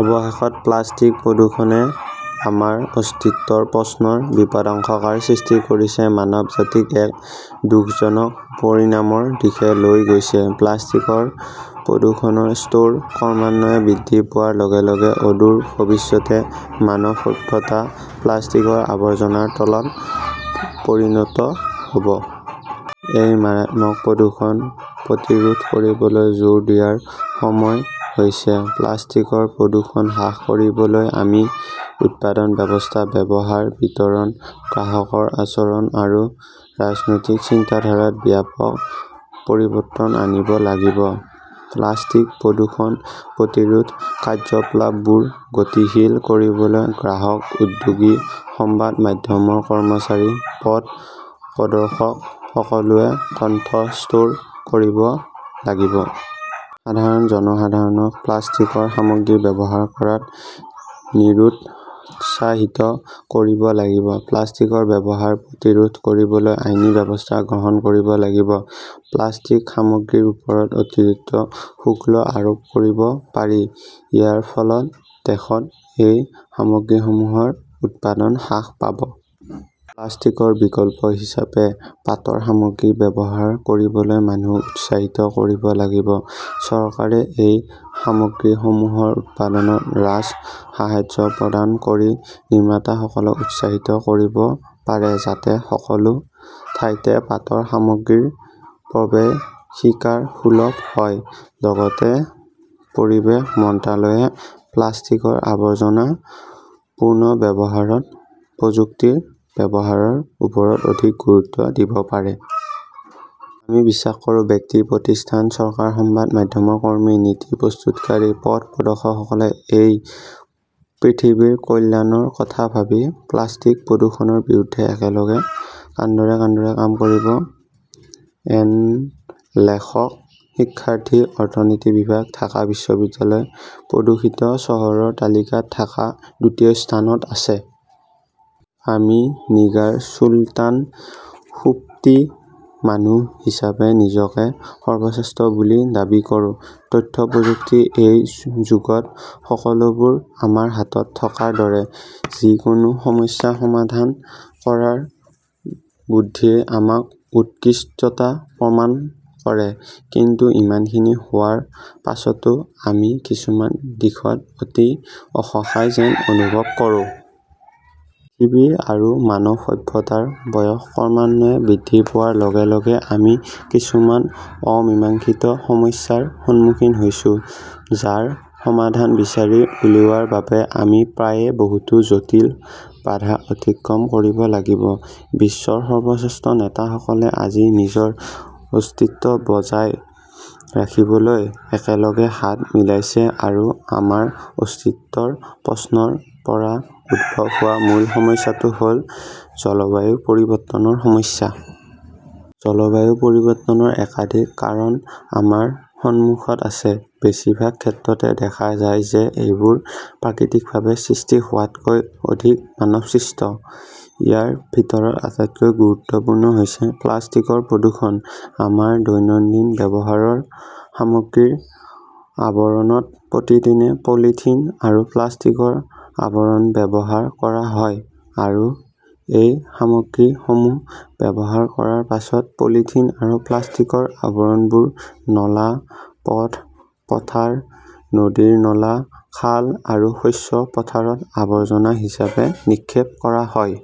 অৱশেষত, প্লাষ্টিক প্ৰদূষণে আমাৰ অস্তিত্বৰ প্ৰশ্নৰ বিপদাশংকাৰ সৃষ্টি কৰিছে, মানৱজাতিক এক দুখজনক পৰিণামৰ দিশে লৈ গৈছে। প্লাষ্টিকৰ প্ৰদূষণৰ স্তৰ ক্ৰমান্বয়ে বৃদ্ধি পোৱাৰ লগে লগে অদূৰ ভৱিষ্যতে মানৱ সভ্যতা প্লাষ্টিকৰ আৱৰ্জনাৰ তলত পৰিণত হ'ব। এই মাৰাত্মক প্ৰদূষণ প্ৰতিৰোধ কৰিবলৈ জোৰ দিয়াৰ সময় হৈছে। প্লাষ্টিকৰ প্ৰদূষণ হ্ৰাস কৰিবলৈ আমি উৎপাদন ব্যৱস্থা, ব্যৱহাৰ, বিতৰণ, গ্ৰাহকৰ আচৰণ আৰু ৰাজনৈতিক চিন্তাধাৰাত ব্যাপক পৰিৱৰ্তন আনিব লাগিব। প্লাষ্টিক প্ৰদূষণ প্ৰতিৰোধ কাৰ্যকলাপবোৰ গতিশীল কৰিবলৈ গ্ৰাহক, উদ্যোগী, সংবাদ মাধ্যমৰ কৰ্মচাৰী, পথ প্ৰদৰ্শক সকলোৱে কণ্ঠস্বৰ কৰিব লাগিব। সাধাৰণ জনসাধাৰণক প্লাষ্টিকৰ সামগ্ৰী ব্যৱহাৰ কৰাত নিৰুৎসাহিত কৰিব লাগিব। প্লাষ্টিকৰ ব্যৱহাৰ প্ৰতিৰোধ কৰিবলৈ আইনী ব্যৱস্থা গ্ৰহণ কৰিব লাগিব। প্লাষ্টিক সামগ্ৰীৰ ওপৰত অতিৰিক্ত শুল্ক আৰোপ কৰিব পাৰি। ইয়াৰ ফলত দেশত এই সামগ্ৰীসমূহৰ উৎপাদন হ্ৰাস পাব। প্লাষ্টিকৰ বিকল্প হিচাপে পাটৰ সামগ্ৰী ব্যৱহাৰ কৰিবলৈ মানুহক উৎসাহিত কৰিব লাগিব। চৰকাৰে এই সামগ্ৰীসমূহৰ উৎপাদনত ৰাজসাহায্য প্ৰদান কৰি নিৰ্মাতাসকলক উৎসাহিত কৰিব পাৰে যাতে সকলো ঠাইতে পাটৰ সামগ্ৰীৰ প্ৰৱেশাধিকাৰ সুলভ হয়। লগতে পৰিৱেশ মন্ত্ৰালয়ে প্লাষ্টিকৰ আৱৰ্জনা পুনৰ্ব্যৱহাৰত প্ৰযুক্তিৰ ব্যৱহাৰৰ ওপৰত অধিক গুৰুত্ব দিব পাৰে। আমি বিশ্বাস কৰোঁ, ব্যক্তি, প্ৰতিষ্ঠান, চৰকাৰ, সংবাদ মাধ্যমৰ কৰ্মী, নীতি প্ৰস্তুতকাৰী, পথ প্ৰদৰ্শকসকলে এই পৃথিৱীৰ কল্যাণৰ কথা ভাবি প্লাষ্টিক প্ৰদূষণৰ বিৰুদ্ধে একেলগে কান্ধৰে কান্ধৰে কাম কৰিব। এন লেখক শিক্ষাৰ্থী, অৰ্থনীতি বিভাগ, ঢাকা বিশ্ববিদ্যালয়। প্ৰদূষিত চহৰৰ তালিকাত ঢাকা দ্বিতীয় স্থানত আছে। আমি নিগাৰ চুলতান সুপ্তি মানুহ হিচাপে নিজকে সৰ্বশ্ৰেষ্ঠ বুলি দাবী কৰোঁ। তথ্য প্ৰযুক্তিৰ এই যুগত সকলোবোৰ আমাৰ হাতত থকাৰ দৰে। যিকোনো সমস্যা সমাধান কৰাৰ বুদ্ধিই আমাৰ উৎকৃষ্টতা প্ৰমাণ কৰে। কিন্তু ইমানখিনি হোৱাৰ পিছতো আমি কিছুমান দিশত অতি অসহায় যেন অনুভৱ কৰোঁ। পৃথিৱী আৰু মানৱ সভ্যতাৰ বয়স ক্ৰমান্বয়ে বৃদ্ধি পোৱাৰ লগে লগে আমি কিছুমান অমীমাংসিত সমস্যাৰ সন্মুখীন হৈছো, যাৰ সমাধান বিচাৰি উলিওৱাৰ বাবে আমি প্ৰায়ে বহুতো জটিল বাধা অতিক্ৰম কৰিব লাগিব। বিশ্বৰ সৰ্বশ্ৰেষ্ঠ নেতাসকলে আজি নিজৰ অস্তিত্ব বজাই ৰাখিবলৈ একেলগে হাত মিলাইছে আৰু আমাৰ অস্তিত্বৰ প্ৰশ্নৰ পৰা উদ্ভৱ হোৱা মূল সমস্যাটো হ'ল জলবায়ু পৰিৱৰ্তনৰ সমস্যা। জলবায়ু পৰিৱৰ্তনৰ একাধিক কাৰণ আমাৰ সন্মুখত আছে। বেছিভাগ ক্ষেত্ৰতে দেখা যায় এইবোৰ প্ৰাকৃতিকভাৱে সৃষ্টি হোৱাতকৈ অধিক মানৱসৃষ্ট। ইয়াৰ ভিতৰত আটাইতকৈ গুৰুত্বপূৰ্ণ হৈছে প্লাষ্টিকৰ প্ৰদূষণ। আমাৰ দৈনন্দিন ব্যৱহাৰৰ সামগ্ৰীৰ আৱৰণত প্ৰতিদিনে পলিথিন আৰু প্লাষ্টিকৰ আৱৰণ ব্যৱহাৰ কৰা হয় আৰু এই সামগ্ৰীসমূহ ব্যৱহাৰ কৰাৰ পিছত পলিথিন আৰু প্লাষ্টিকৰ আৱৰণবোৰ নলা, পথ, পথাৰ, নদীৰ নলা, খাল আৰু শস্যৰ পথাৰত আৱৰ্জনা হিচাপে নিক্ষেপ কৰা হয়।